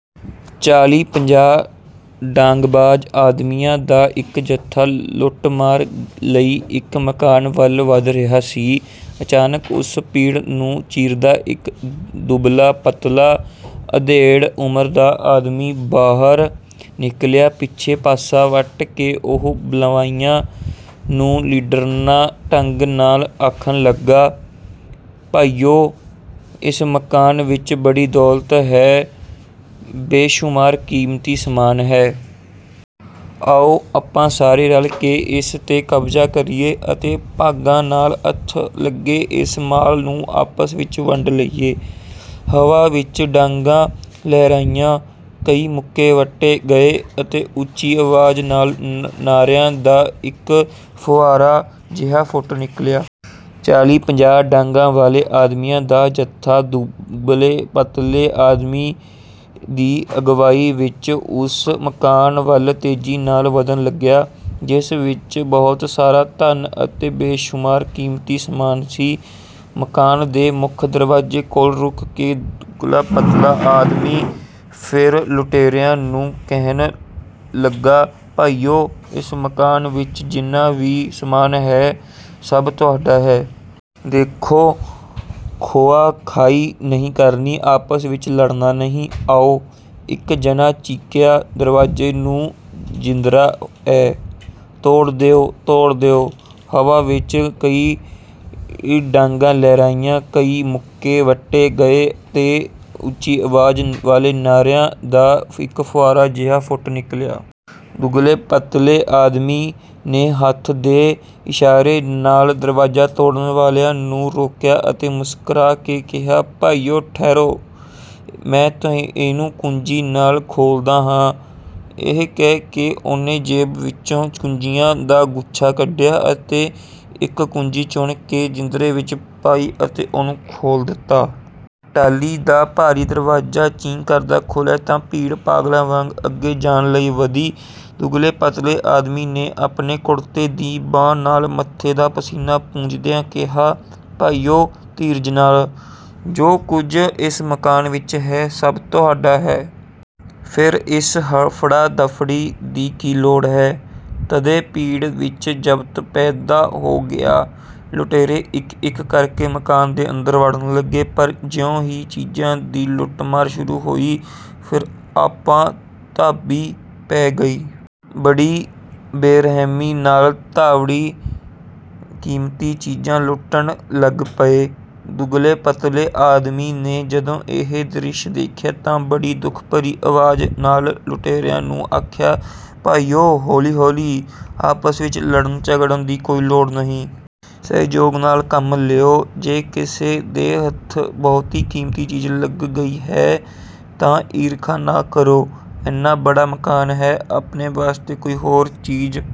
ਚਾਲੀ ਪੰਜਾਹ ਡਾਂਗਬਾਜ਼ ਆਦਮੀਆਂ ਦਾ ਇਕ ਜੱਥਾ ਲੁੱਟਮਾਰ ਲਈ ਇਕ ਮਕਾਨ ਵੱਲ ਵਧ ਰਿਹਾ ਸੀ। ਅਚਾਨਕ ਉਸ ਭੀੜ ਨੂੰ ਚੀਰਦਾ ਇਕ ਦੁਬਲਾ-ਪਤਲਾ ਅਧੇੜ ਉਮਰ ਦਾ ਆਦਮੀ ਬਾਹਰ ਨਿਕਲਿਆ। ਪਿੱਛੇ ਪਾਸਾ ਵੱਟ ਕੇ ਉਹ ਬਲਵਾਈਆਂ ਨੂੰ ਲੀਡਰਾਨਾ ਢੰਗ ਨਾਲ ਆਖਣ ਲੱਗਾ, “ਭਾਈਓ, ਇਸ ਮਕਾਨ ਵਿਚ ਬੜੀ ਦੌਲਤ ਹੈ, ਬੇਸ਼ੁਮਾਰ ਕੀਮਤੀ ਸਮਾਨ ਹੈ। ਆਓ ਆਪਾਂ ਸਾਰੇ ਰਲ ਕੇ ਇਸ ਤੇ ਕਬਜ਼ਾ ਕਰੀਏ ਅਤੇ ਭਾਗਾਂ ਨਾਲ ਹੱਥ ਲੱਗੇ ਇਸ ਮਾਲ ਨੂੰ ਆਪਸ ਵਿਚ ਵੰਡ ਲਈਏ।” ਹਵਾ ਵਿਚ ਡਾਂਗਾਂ ਲਹਿਰਾਈਆਂ, ਕਈ ਮੁੱਕੇ ਵੱਟੇ ਗਏ ਅਤੇ ਉੱਚੀ ਆਵਾਜ਼ ਨਾਲ ਨਾਰ੍ਹਿਆਂ ਦਾ ਇਕ ਫੁਹਾਰਾ ਜਿਹਾ ਫੁੱਟ ਨਿਕਲਿਆ। ਚਾਲੀ ਪੰਜਾਹ ਡਾਂਗਾਂ ਵਾਲੇ ਆਦਮੀਆਂ ਦਾ ਜੱਥਾ ਦੁਬਲੇ-ਪਤਲੇ ਆਦਮੀ ਦੀ ਅਗਵਾਈ ਵਿਚ ਉਸ ਮਕਾਨ ਵੱਲ ਤੇਜ਼ੀ ਨਾਲ ਵਧਣ ਲੱਗਿਆ, ਜਿਸ ਵਿਚ ਬਹੁਤ ਸਾਰਾ ਧਨ ਅਤੇ ਬੇਸ਼ੁਮਾਰ ਕੀਮਤੀ ਸਮਾਨ ਸੀ। ਮਕਾਨ ਦੇ ਮੁੱਖ ਦਰਵਾਜੇ ਕੋਲ ਰੁਕ ਕੇ ਦੁਬਲਾ-ਪਤਲਾ ਆਦਮੀ ਫਿਰ ਲੁਟੇਰਿਆਂ ਨੂੰ ਕਹਿਣ ਲੱਗਾ, “ਭਾਈਓ, ਇਸ ਮਕਾਨ ਵਿਚ ਜਿੰਨਾ ਵੀ ਸਮਾਨ ਹੈ, ਸਭ ਤੁਹਾਡਾ ਹੈ। ਦੇਖੋ, ਖੋਹਾ-ਖਾਹੀ ਨਹੀਂ ਕਰਨੀ, ਆਪਸ ਵਿਚ ਲੜਨਾ ਨਹੀਂ। ਆਓ।” ਇਕ ਜਣਾ ਚੀਕਿਆ, "ਦਰਵਾਜੇ ਨੂੰ ਜਿੰਦਰਾ ਏ।" “ਤੋੜ ਦਿਓ। ਤੋੜ ਦਿਓ।” ਹਵਾ ਵਿਚ ਕਈ ਡਾਂਗਾਂ ਲਹਿਰਾਈਆਂ, ਕਈ ਮੁੱਕੇ ਵੱਟੇ ਗਏ ਅਤੇ ਉੱਚੀ ਆਵਾਜ਼ ਵਾਲੇ ਨਾਰ੍ਹਿਆਂ ਦਾ ਇਕ ਫੁਹਾਰਾ ਜਿਹਾ ਫੁੱਟ ਨਿਕਲਿਆ। ਦੁਬਲੇ-ਪਤਲੇ ਆਦਮੀ ਨੇ ਹੱਥ ਦੇ ਇਸ਼ਾਰੇ ਨਾਲ ਦਰਵਾਜਾ ਤੋੜਨ ਵਾਲਿਆਂ ਨੂੰ ਰੋਕਿਆ ਅਤੇ ਮੁਸਕਰਾ ਕੇ ਕਿਹਾ, “ਭਾਈਓ, ਠਹਿਰੋ। ਮੈਂ ਇਹਨੂੰ ਕੁੰਜੀ ਨਾਲ ਖੋਲ੍ਹਦਾ ਹਾਂ।” ਇਹ ਕਹਿ ਕੇ ਉਹਨੇ ਜੇਬ ਵਿਚੋਂ ਕੁੰਜੀਆਂ ਦਾ ਗੁੱਛਾ ਕੱਢਿਆ ਅਤੇ ਇਕ ਕੁੰਜੀ ਚੁਣ ਕੇ ਜਿੰਦਰੇ ਵਿਚ ਪਾਈ ਅਤੇ ਉਹਨੂੰ ਖੋਲ੍ਹ ਦਿੱਤਾ। ਟਾਹਲੀ ਦਾ ਭਾਰੀ ਦਰਵਾਜਾ ਚੀਂ ਕਰਦਾ ਖੁੱਲਿਆ ਤਾਂ ਭੀੜ ਪਾਗਲਾਂ ਵਾਂਗ ਅੱਗੇ ਜਾਣ ਲਈ ਵਧੀ। ਦੁਬਲੇ-ਪਤਲੇ ਆਦਮੀ ਨੇ ਆਪਣੇ ਕੁੜਤੇ ਦੀ ਬਾਂਹ ਨਾਲ ਮੱਥੇ ਦਾ ਪਸੀਨਾ ਪੂੰਝਦਿਆਂ ਕਿਹਾ, “ਭਾਈਓ, ਧੀਰਜ ਨਾਲ। ਜੋ ਕੁਝ ਇਸ ਮਕਾਨ ਵਿਚ ਹੈ, ਸਭ ਤੁਹਾਡਾ ਹੈ। ਫਿਰ ਇਸ ਹਫੜਾ-ਦਫੜੀ ਦੀ ਕੀ ਲੋੜ ਹੈ?” ਤਦੇ ਭੀੜ ਵਿਚ ਜ਼ਬਤ ਪੈਦਾ ਹੋ ਗਿਆ। ਲੁਟੇਰੇ ਇਕ-ਇਕ ਕਰਕੇ ਮਕਾਨ ਦੇ ਅੰਦਰ ਵੜਨ ਲੱਗੇ, ਪਰ ਜਿਉਂ ਹੀ ਚੀਜ਼ਾਂ ਦੀ ਲੁੱਟਮਾਰ ਸ਼ੁਰੂ ਹੋਈ, ਫਿਰ ਆਪਾ ਧਾਪੀ ਪੈ ਗਈ। ਬੜੀ ਬੇਰਹਿਮੀ ਨਾਲ ਧਾੜਵੀ ਕੀਮਤੀ ਚੀਜ਼ਾਂ ਲੁੱਟਣ ਲੱਗ ਪਏ। ਦੁਬਲੇ-ਪਤਲੇ ਆਦਮੀ ਨੇ ਜਦੋਂ ਇਹ ਦ੍ਰਿਸ਼ ਦੇਖਿਆ ਤਾਂ ਬੜੀ ਦੁੱਖ ਭਰੀ ਆਵਾਜ਼ ਨਾਲ ਲੁਟੇਰਿਆਂ ਨੂੰ ਆਖਿਆ, ਭਾਈਓ, ਹੌਲੀ ਹੌਲੀ। ਆਪਸ ਵਿਚ ਲੜਨ-ਝਗੜਨ ਦੀ ਕੋਈ ਲੋੜ ਨਹੀਂ। ਸਹਿਯੋਗ ਨਾਲ ਕੰਮ ਲਓ। ਜੇ ਕਿਸੇ ਦੇ ਹੱਥ ਬਹੁਤੀ ਕੀਮਤੀ ਚੀਜ਼ ਲੱਗ ਗਈ ਹੈ ਤਾਂ ਈਰਖਾ ਨਾ ਕਰੋ। ਏਨਾ ਬੜਾ ਮਕਾਨ ਹੈ, ਆਪਣੇ ਵਾਸਤੇ ਕੋਈ ਹੋਰ ਚੀਜ਼